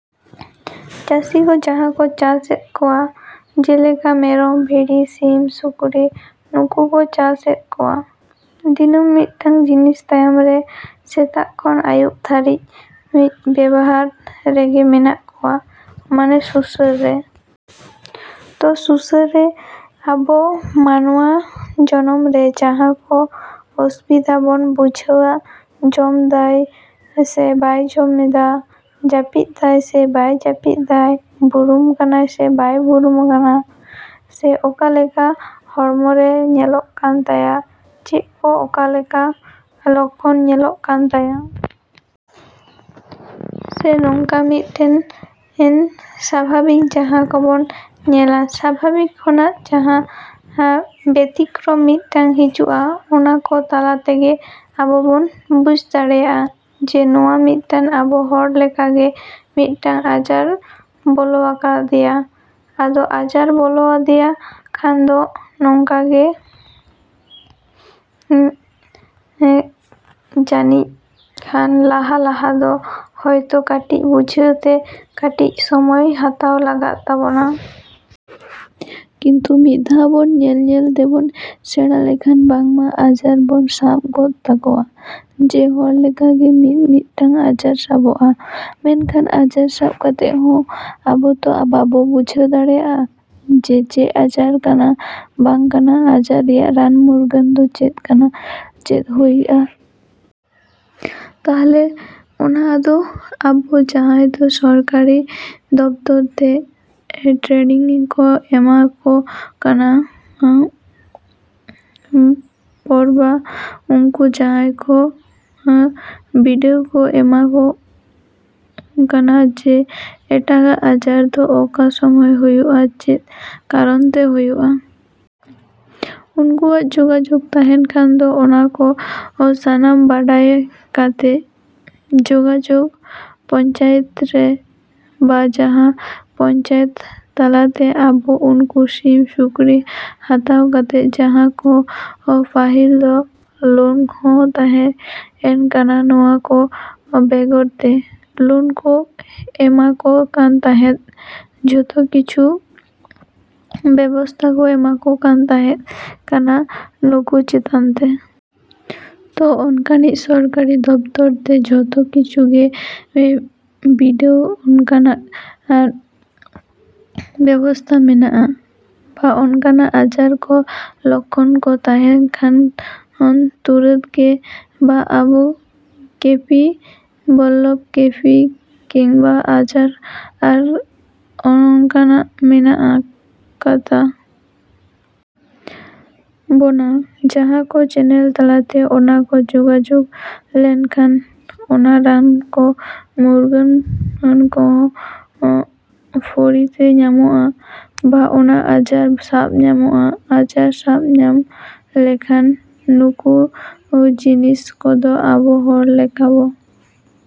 ᱪᱟᱹᱥᱤ ᱠᱚ ᱡᱟᱦᱟᱸ ᱠᱚ ᱪᱟᱥ ᱮᱫ ᱠᱚᱣᱟ ᱡᱮᱞᱮᱠᱟ ᱢᱮᱨᱚᱢ, ᱵᱷᱤᱲᱤ, ᱥᱤᱢ, ᱥᱩᱠᱨᱤ ᱱᱩᱠᱩ ᱠᱚ ᱪᱟᱥ ᱮᱫ ᱠᱚᱣᱟ᱾ ᱫᱤᱱᱟᱹᱢ ᱢᱤᱫᱴᱟᱝ ᱡᱤᱱᱤᱥ ᱛᱟᱭᱚᱢ ᱨᱮ ᱥᱮᱛᱟᱜ ᱠᱷᱚᱱ ᱟᱹᱭᱩᱵᱽ ᱫᱷᱟᱹᱨᱤᱡ ᱵᱮᱵᱚᱦᱟᱨ ᱨᱮᱜᱮ ᱢᱮᱱᱟᱜ ᱠᱚᱣᱟ, ᱢᱟᱱᱮ ᱥᱩᱥᱟᱹᱨ ᱨᱮ᱾ ᱛᱚ, ᱥᱩᱥᱟᱹᱨ ᱨᱮ ᱟᱵᱚ ᱢᱟᱱᱣᱟ ᱡᱚᱱᱚᱢ ᱨᱮ ᱡᱟᱦᱟᱸ ᱠᱚ ᱚᱥᱩᱵᱤᱫᱷᱟ ᱵᱚᱱ ᱵᱩᱡᱷᱟᱹᱣᱟ ᱡᱚᱢ ᱫᱟᱭ ᱥᱮ ᱵᱟᱭ ᱡᱚᱢ ᱮᱫᱟ, ᱡᱟᱹᱯᱤᱫ ᱫᱟᱭ ᱥᱮ ᱵᱟᱭ ᱡᱟᱹᱯᱤᱫ ᱫᱟᱭ, ᱵᱩᱨᱩᱢ ᱠᱟᱱᱟᱭ ᱥᱮ ᱵᱟᱭ ᱵᱩᱨᱩᱢ ᱠᱟᱱᱟ? ᱥᱮ ᱚᱠᱟᱞᱮᱠᱟ ᱦᱚᱲᱢᱚ ᱨᱮ ᱧᱮᱞᱚᱜ ᱠᱟᱱ ᱛᱟᱭᱟ, ᱪᱮᱫ ᱠᱚ ᱚᱠᱟᱞᱮᱠᱟ ᱞᱚᱠᱠᱷᱚᱱ ᱧᱮᱞᱚᱜ ᱠᱟᱱ ᱛᱟᱭᱟ? ᱥᱮ ᱱᱚᱝᱠᱟ ᱢᱤᱫᱴᱮᱱ ᱥᱟᱵᱷᱟᱵᱤᱠ ᱡᱟᱦᱟᱸ ᱠᱚᱵᱚᱱ ᱧᱮᱞᱟ ᱥᱟᱵᱷᱟᱵᱤᱠ ᱠᱷᱚᱱᱟᱜ ᱡᱟᱦᱟᱸ ᱵᱮᱛᱤᱠᱠᱨᱚᱢ ᱢᱤᱫᱴᱟᱝ ᱦᱤᱡᱩᱜᱼᱟ, ᱚᱱᱟ ᱠᱚ ᱛᱟᱞᱟ ᱛᱮᱜᱮ ᱟᱵᱚ ᱵᱚᱱ ᱵᱩᱡᱷ ᱫᱟᱲᱮᱭᱟᱜᱼᱟ ᱡᱮ ᱱᱚᱣᱟ ᱢᱤᱫᱴᱟᱝ ᱟᱵᱚ ᱦᱚᱲ ᱞᱮᱠᱟᱜᱮ ᱢᱤᱫᱴᱟᱝ ᱟᱡᱟᱨ ᱵᱚᱞᱚᱣᱟᱠᱟᱫᱮᱭᱟ᱾ ᱟᱫᱚ ᱟᱡᱟᱨ ᱵᱚᱞᱚᱣᱟᱫᱮ ᱠᱷᱟᱱ ᱫᱚ ᱱᱚᱝᱠᱟ ᱜᱮ ᱡᱟᱹᱱᱤᱡᱠᱷᱟᱱ ᱞᱟᱦᱟ ᱞᱟᱦᱟ ᱫᱚ ᱦᱚᱭᱛᱳ ᱠᱟᱹᱴᱤᱡ ᱵᱩᱡᱷᱟᱹᱣ ᱛᱮ ᱠᱟᱹᱴᱤᱡ ᱥᱚᱢᱚᱭ ᱦᱟᱛᱟᱣ ᱞᱟᱜᱟᱣ ᱛᱟᱵᱚᱱᱟ᱾ ᱠᱤᱱᱛᱩ ᱢᱤᱫ ᱫᱷᱟᱣ ᱵᱚᱱ ᱧᱮᱞ ᱧᱮᱞ ᱛᱮᱵᱚᱱ ᱥᱮᱬᱟ ᱞᱮᱠᱷᱟᱱ ᱵᱟᱝᱢᱟ ᱟᱡᱟᱨ ᱵᱚᱱ ᱥᱟᱵ ᱜᱚᱫ ᱛᱟᱠᱚᱣᱟ᱾ ᱡᱮ ᱦᱚᱲ ᱞᱮᱠᱟ ᱜᱮ ᱢᱤᱫᱼᱢᱤᱫᱴᱟᱝ ᱟᱡᱟᱨ ᱥᱟᱵᱚᱜᱼᱟ᱾ ᱢᱮᱱᱠᱷᱟᱱ ᱟᱡᱟᱨ ᱥᱟᱵ ᱠᱟᱛᱮᱫ ᱦᱚᱸ ᱟᱵᱚ ᱛᱚ ᱵᱟᱵᱚ ᱵᱩᱡᱷ ᱫᱟᱲᱮᱭᱟᱜᱼᱟ ᱡᱮ ᱪᱮᱫ ᱟᱡᱟᱨ ᱠᱟᱱᱟ ᱵᱟ ᱚᱱᱟ ᱟᱡᱟᱨ ᱨᱮᱭᱟᱜ ᱨᱟᱱ ᱢᱩᱨᱜᱟᱹᱱ ᱫᱚ ᱪᱮᱫ ᱦᱩᱭᱩᱜᱼᱟ? ᱛᱟᱦᱚᱞᱮ ᱚᱱᱟ ᱟᱫᱚ ᱟᱵᱚ ᱡᱟᱦᱟᱸ ᱫᱚ ᱥᱚᱨᱠᱟᱨᱤ ᱫᱚᱯᱛᱚᱨ ᱛᱮ ᱴᱨᱮᱱᱤᱝ ᱠᱚ ᱮᱢᱟ ᱠᱚ ᱠᱟᱱᱟ ᱯᱚᱨᱵᱟ ᱱᱩᱠᱩ ᱡᱟᱦᱟᱸ ᱠᱚ ᱵᱤᱰᱟᱹᱣ ᱠᱚ ᱮᱢᱟ ᱠᱚ ᱠᱟᱱᱟ, ᱡᱮ ᱚᱠᱟᱴᱟᱜ ᱟᱡᱟᱨ ᱫᱚ ᱚᱠᱟ ᱥᱚᱢᱚᱭ ᱦᱩᱭᱩᱜᱼᱟ, ᱪᱮᱫ ᱠᱟᱨᱚᱱ ᱛᱮ ᱦᱩᱭᱩᱜᱼᱟ? ᱩᱱᱠᱩᱣᱟᱜ ᱡᱳᱜᱟᱡᱳᱜᱽ ᱛᱟᱦᱮᱱ ᱠᱷᱟᱱ ᱫᱚ ᱚᱱᱟ ᱠᱚ ᱥᱟᱱᱟᱢ ᱵᱟᱰᱟᱭ ᱠᱟᱛᱮᱫ ᱡᱳᱜᱟᱡᱳᱜᱽ ᱯᱚᱧᱪᱟᱭᱮᱛ ᱨᱮ ᱵᱟ ᱡᱟᱦᱟᱸ ᱯᱚᱧᱪᱟᱭᱮᱛ ᱛᱟᱞᱟᱛᱮ ᱟᱵᱚ ᱱᱩᱠᱩ ᱥᱤᱢ, ᱥᱩᱠᱨᱤ ᱦᱟᱛᱟᱣ ᱠᱟᱛᱮ ᱡᱟᱦᱟᱸ ᱠᱚ, ᱯᱟᱹᱦᱤᱞ ᱫᱚ ᱞᱳᱱ ᱦᱚᱸ ᱛᱟᱦᱮᱸ ᱠᱟᱱᱟ ᱱᱚᱣᱟ ᱠᱚ ᱵᱮᱜᱚᱨ ᱛᱮ, ᱞᱳᱱ ᱠᱚ ᱮᱢᱟᱠᱚ ᱠᱟᱱ ᱛᱟᱦᱮᱸᱫ, ᱡᱚᱛᱚ ᱠᱤᱪᱷᱩ ᱵᱮᱵᱚᱥᱛᱟ ᱠᱚ ᱮᱢᱟ ᱠᱚ ᱠᱟᱱ ᱛᱟᱦᱮᱸᱠᱟᱱᱟ ᱱᱩᱠᱩ ᱪᱮᱛᱟᱱ ᱛᱮ᱾ ᱛᱚ, ᱚᱱᱠᱟᱱᱤᱡ ᱥᱚᱨᱠᱟᱨᱤ ᱫᱚᱯᱛᱚᱨ ᱛᱮ ᱡᱚᱛᱚ ᱠᱤᱪᱷᱩ ᱜᱮ ᱵᱤᱰᱟᱹᱣ ᱚᱱᱠᱟᱱᱟᱜ ᱵᱮᱵᱚᱥᱛᱷᱟ ᱢᱮᱱᱟᱜᱼᱟ᱾ ᱵᱟ ᱚᱱᱠᱟᱱᱟᱜ ᱟᱡᱟᱨ ᱠᱚ, ᱞᱚᱠᱠᱷᱚᱱ ᱠᱚ ᱛᱟᱦᱮᱱ ᱠᱷᱟᱱ ᱛᱩᱸᱨᱟᱹᱫ ᱜᱮ ᱵᱟ ᱟᱵᱚ ᱠᱮᱯᱤ ᱵᱞᱚᱠ ᱠᱮᱯᱤ ᱠᱤᱝᱵᱟ ᱟᱡᱟᱜ ᱟᱨᱚ ᱚᱱᱠᱟᱱᱟᱜ ᱢᱮᱱᱟᱜ ᱠᱚᱛᱟ ᱵᱚᱱᱟ, ᱡᱟᱦᱟᱸ ᱠᱚ ᱪᱮᱱᱮᱞ ᱛᱟᱞᱟᱛᱮ ᱚᱱᱟ ᱠᱚ ᱡᱳᱜᱟᱡᱳᱜᱽ ᱞᱮᱠᱷᱟᱱ ᱚᱱᱟ ᱨᱟᱱ ᱠᱚ ᱢᱩᱨᱜᱟᱹᱱ ᱠᱚᱦᱚᱸ ᱯᱷᱨᱤ ᱛᱮ ᱧᱟᱢᱚᱜᱼᱟ, ᱵᱟ ᱚᱱᱟ ᱟᱡᱟᱨ ᱥᱟᱵ ᱧᱟᱢᱚᱜᱼᱟ, ᱟᱡᱟᱨ ᱥᱟᱵ ᱧᱟᱢ ᱞᱮᱠᱷᱟᱱ ᱱᱩᱠᱩ ᱡᱤᱱᱤᱥ ᱠᱚᱫᱚ ᱟᱵᱚ ᱦᱚᱲ ᱞᱮᱠᱟ ᱵᱟ